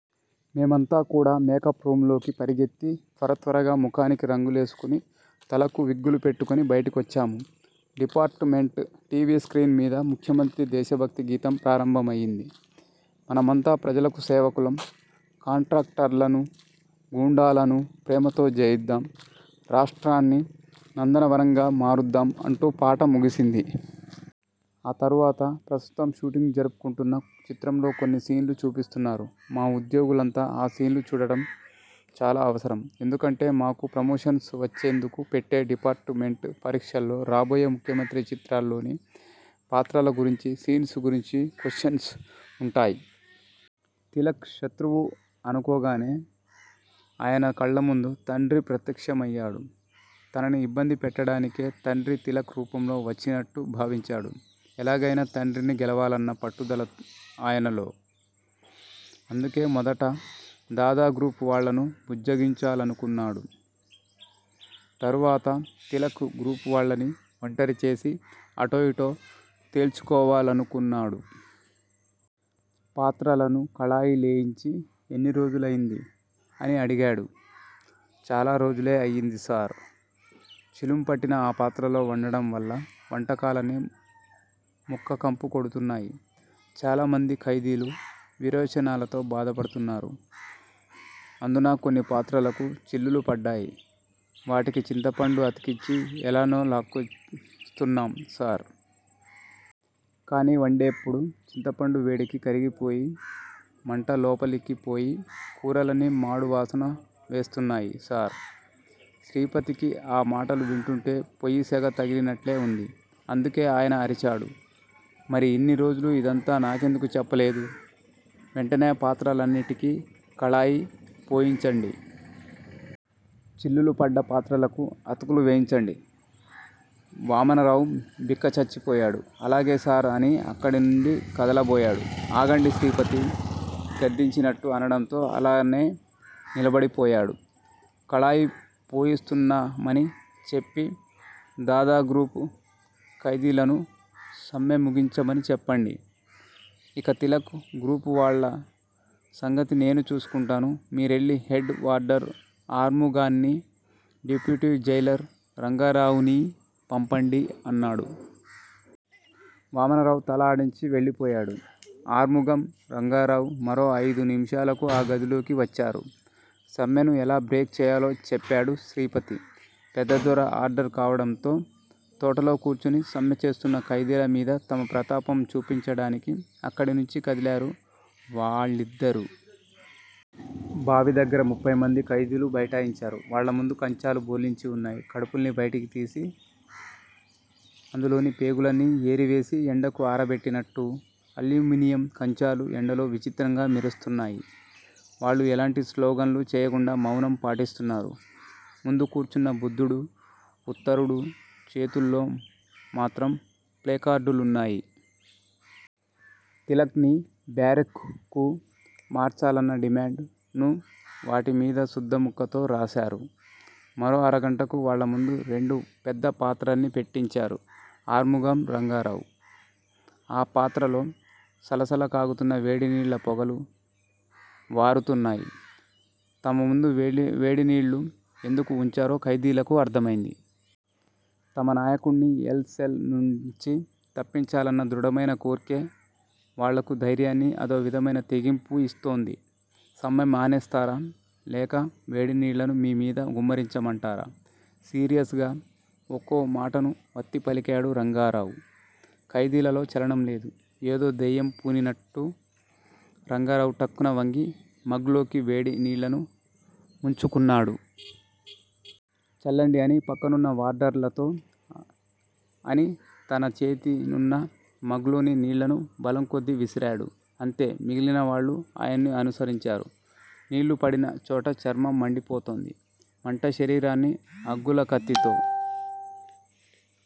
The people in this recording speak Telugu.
మేమంతా కూడా మేకప్ రూమ్ లోకి పరుగెత్తి త్వరత్వరగా మొఖానికి రంగులేసుకుని, తలకు విగ్గులు పెట్టుకుని బయటికొచ్చాము. డిపార్ట్ మెంట్ టీవీ స్క్రీన్ మీద ముఖ్యమంత్రి దేశ భక్తి గీతం ప్రారంభమయింది. మనమంతా ప్రజలకు సేవకులం కాంట్రాక్టర్లనూ, గూండాలనూ ప్రేమతో జయిద్దాం! రాష్ట్రాన్ని నందనవనంగా మారుద్దాం అంటూ పాట ముగిసింది. ఆ తరువాత ప్రస్తుతం షూటింగ్ జరుపుకుంటున్న చిత్రంలో కొన్ని సీన్లు చూపిస్తున్నారు. మా ఉద్యోగులంతా ఆ సీన్లు చూడటం చాలా అవసరం. ఎందుకంటే మాకు ప్రమోషన్స్ వచ్చేందుకు పెట్టే డిపార్ట్ మెంట్ పరీక్షల్లో రాబోయే ముఖ్యమంత్రి చిత్రాల్లోని పాత్రల గురించీ, సీన్స్ గురించీ కొశ్చెన్స్ ఉంటాయ్. తిలక్ శత్రువు అనుకోగానే ఆయన కళ్ళముందు తండ్రి ప్రత్యక్షమయ్యాడు. తనని ఇబ్బంది పెట్టడానికే తండ్రి తిలక్ రూపంలో వచ్చినట్టు భావించాడు. ఎలాగయినా తండ్రిని గెలవాలన్న పట్టుదల ఆయనలో. అందుకే మొదట దాదా గ్రూప్ వాళ్ళను బుజ్జగించాలనుకున్నాడు. తరువాత తిలక్ గ్రూప్ వాళ్ళని ఒంటరి చేసి అటో ఇటో తేల్చుకోవాలనుకున్నాడు. పాత్రలను కళాయి లేయించి ఎన్ని రోజులైంది అని అడిగాడు. చాలా రోజులే అయ్యింది సార్. చిలుంపట్టిన ఆ పాత్రల్లో వండడం వల్ల వంటకాలన్నీ ముక్క కంపు కొడుతున్నాయి. చాలామంది ఖైదీలు విరోచనాలతో బాధపడుతున్నారు. అందునా కొన్ని పాత్రలకు చిల్లులు పడ్డాయి. వాటికి చింతపండు అతికించి యెలానో లాక్కొస్తున్నాం సార్. కానీ వండేప్పుడు చింతపండు వేడికి కరిగిపోయి మంట లోపలికి పోయి కూరలన్నీ మాడు వాసన వేస్తున్నాయి సార్. శ్రీపతికి ఆ మాటలు వింటుంటే పొయ్యి సెగ తగిలినట్లే వుంది. అందుకే ఆయన అరిచాడు మరి ఇన్ని రోజులు ఇదంతా నాకెందుకు చెప్పలేదు. వెంటనే పాత్రలన్నిటికీ కళాయి పోయించండి. చిల్లులు పడ్డ పాత్రలకు అతుకులు వేయించండి వామనరావు బిక్కచచ్చిపోయాడు. అలానే సార్ అని అక్కడినుంచి కదలబోయాడు. ఆగండి శ్రీపతి గద్దించినట్టు అనడంతో అలానే నిలబడిపోయాడు. కళాయి పోయిస్తున్నామని చెప్పి దాదా గ్రూప్ ఖైదీలను సమ్మె ముగించమని చెప్పండి. ఇక తిలక్ గ్రూప్ వాళ్ళ సంగతి నేను చూసుకుంటాను మీరెళ్ళి హెడ్ వార్డర్ ఆర్ముగాన్ని, డిప్యూటి జైలర్ రంగారావునీ పంపండి అన్నాడు. వామనరావు తల ఆడించి వెళ్ళిపోయాడు. ఆర్ముగం, రంగారావు మరో అయిదు నిముషాలకు ఆ గదిలోకి వచ్చారు. సమ్మెను ఎలా బ్రేక్ చేయాలో చెప్పాడు శ్రీపతి. పెద్ద దొర ఆర్డర్ కావడంతో తోటలో కూర్చుని సమ్మె చేస్తున్న ఖైదీల మీద తమ ప్రతాపం చూపించడానికి అక్కడి నుంచి కదిలారు వాళ్ళిద్దరూ. బావి దగ్గర ముప్ఫై మంది ఖైదీలు బైఠాయించారు. వాళ్ళ ముందు కంచాలు బోర్లించి వున్నాయి. కడుపుల్ని బయటకు తీసి అందులోని పేగులన్నీ ఏరివేసి ఎండకు ఆరబెట్టినట్టు? అల్యూమినియం కంచాలు ఎండలో విచిత్రంగా మెరుస్తున్నాయి. వాళ్ళు ఎలాంటి స్లోగన్లు చేయకుండా మౌనం పాటిస్తున్నారు. ముందు కూర్చున్న బుద్ధుడు, ఉత్తరుడు చేతుల్లో మాత్రం ప్లేకార్డులున్నాయి. తిలక్ ని బ్యారెక్కుకు మార్చాలన్న డిమాండ్ ను వాటిమీద సుద్ద ముక్కతో రాసారు. మరో అరగంటకు వాళ్ళముందు రెండు పెద్ద పాత్రల్ని పెట్టించారు ఆర్ముగం, రంగారావు. ఆ పాత్రలో సలసల కాగుతున్న వేడినీళ్ళ పొగలు వారుతున్నాయి. తమ ముందు వేడినీళ్ళు ఎందుకు వుంచారో ఖైదీలకు అర్థమైంది. తమ నాయకుడ్ని ఎల్ సెల్ నుంచి తప్పించాలన్న దృఢమైన కోర్కె వాళ్ళకు ధైర్యాన్ని, అదో విధమైన తెగింపు ఇస్తోంది. సమ్మె మానేస్తారా లేక వేడి నీళ్ళను మీ మీద గుమ్మరించమంటారా? సీరియస్ గా ఒక్కో మాటను వత్తి పలికాడు రంగారావు. ఖైదీలలో చలనం లేదు. ఏదో దెయ్యం పూనినట్టు రంగారావు ఠక్కున వంగి మగ్ లోకి వేడి నీళ్ళను ముంచుకున్నాడు. చల్లండి అని పక్కనున్న వార్డర్లతో అని తన చేతినున్న మగ్ లోని నీళ్ళను బలం కొద్దీ విసిరాడు. అంతే మిగిలిన వాళ్ళూ ఆయన్ను అనుసరించారు. నీళ్ళు పడిన చోట చర్మం మండిపోతోంది. మంట శరీరాన్ని అగ్గుల కత్తితో